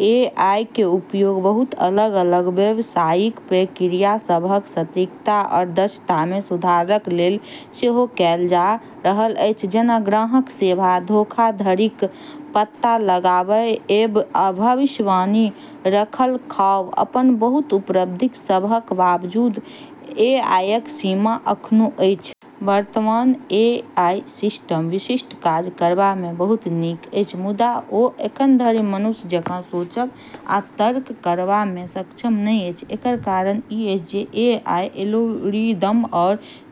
एआईक उपयोग बहुत अलग-अलग व्यवसायिक प्रक्रिया सभक सटीकता आ दक्षतामे सुधारक लेल सेहो कएल जा रहल अछि, जेना ग्राहक सेवा, धोखाधड़ीक पता लगाबएब, आ भविष्यवाणी रखरखाव। अपन बहुत उपलब्धि सभक बावजूद एआईक सीमा अखनो अछि। वर्तमान एआई सिस्टम विशिष्ट काज करबामे बहुत नीक अछि, मुदा ओ एखनधरि मानुष जकाँ सोचब आ तर्क करबामे सक्षम नहि अछि। एकर कारण ई अछि जे एआई एल्गोरिदम आ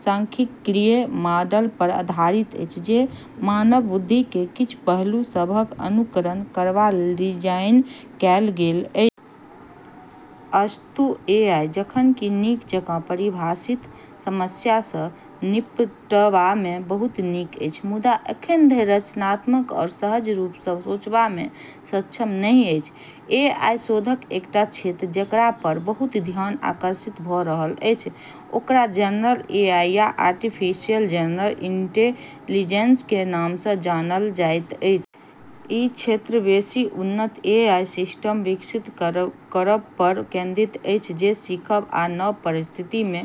सांख्यिकीय मॉडलपर आधारित अछि जे मानव बुद्धिक किछु पहलू सभक अनुकरण करबालेल डिजाइन कएल गेल अछि। अस्तु, एआई जखन कि नीक जकाँ परिभाषित समस्या सँ निपटबामे बहुत नीक अछि, मुदा एखनधरि रचनात्मक वा सहज रूपसँ सोचबामे सक्षम नहि अछि। एआई शोधक एकटा क्षेत्र जेकरापर बहुत ध्यान आकर्षित भऽ रहल अछि, ओकरा "जनरल एआई" या "आर्टिफिशियल जनरल इंटेलिजेंस" क नामसँ जानल जाइत अछि। ई क्षेत्र बेसी उन्नत एआई सिस्टम विकसित करबपर केंद्रित अछि जे सीखब आ नव परिस्थिति मे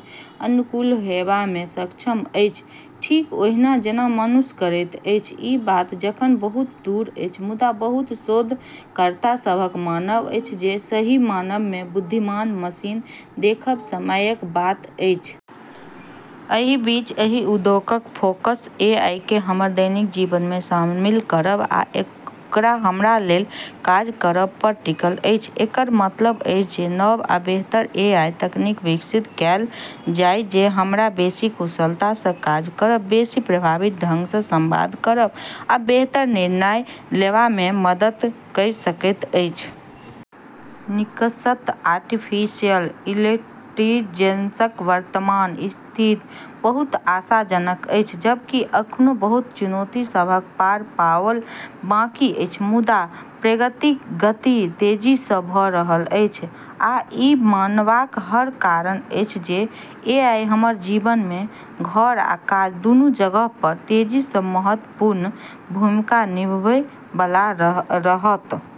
अनुकूल हेबामे सक्षम अछि, ठीक ओहिना जेना मनुष्य करैत अछि। ई बात अखन बहुत दूर अछि, मुदा बहुत शोधकर्ता सभक मानब अछि जे सही मायनेमे बुद्धिमान मशीन देखब समयक बात अछि। एहि बीच एहि उद्योगक फोकस एआईकेँ हमर दैनिक जीवनमे शामिल करब आ ओकरा हमरालेल काज करबपर टिकल अछि। एकर मतलब अछि जे नव आ बेहतर एआई तकनीक विकसित कएल जाए जे हमरा बेसी कुशलतासँ काज करब, बेसी प्रभावी ढंगसँ संवाद करब आ बेहतर निर्णय लेबामे मदद कइ सकैत अछि। निष्कर्षतः आर्टिफिशियल इंटेलिजेंसक वर्तमान स्थिति बहुत आशाजनक अछि। जबकि अखनो बहुत चुनौती सभसँ पार पाओब बाँकी अछि, मुदा प्रगतिक गति तेजीसँ भऽ रहल अछि, आ ई मानबाक हर कारण अछि जे एआई हमर जीवनमे घर आ काज दुनू जगहपर तेजीसँ महत्वपूर्ण भूमिका निभबै बला रहत।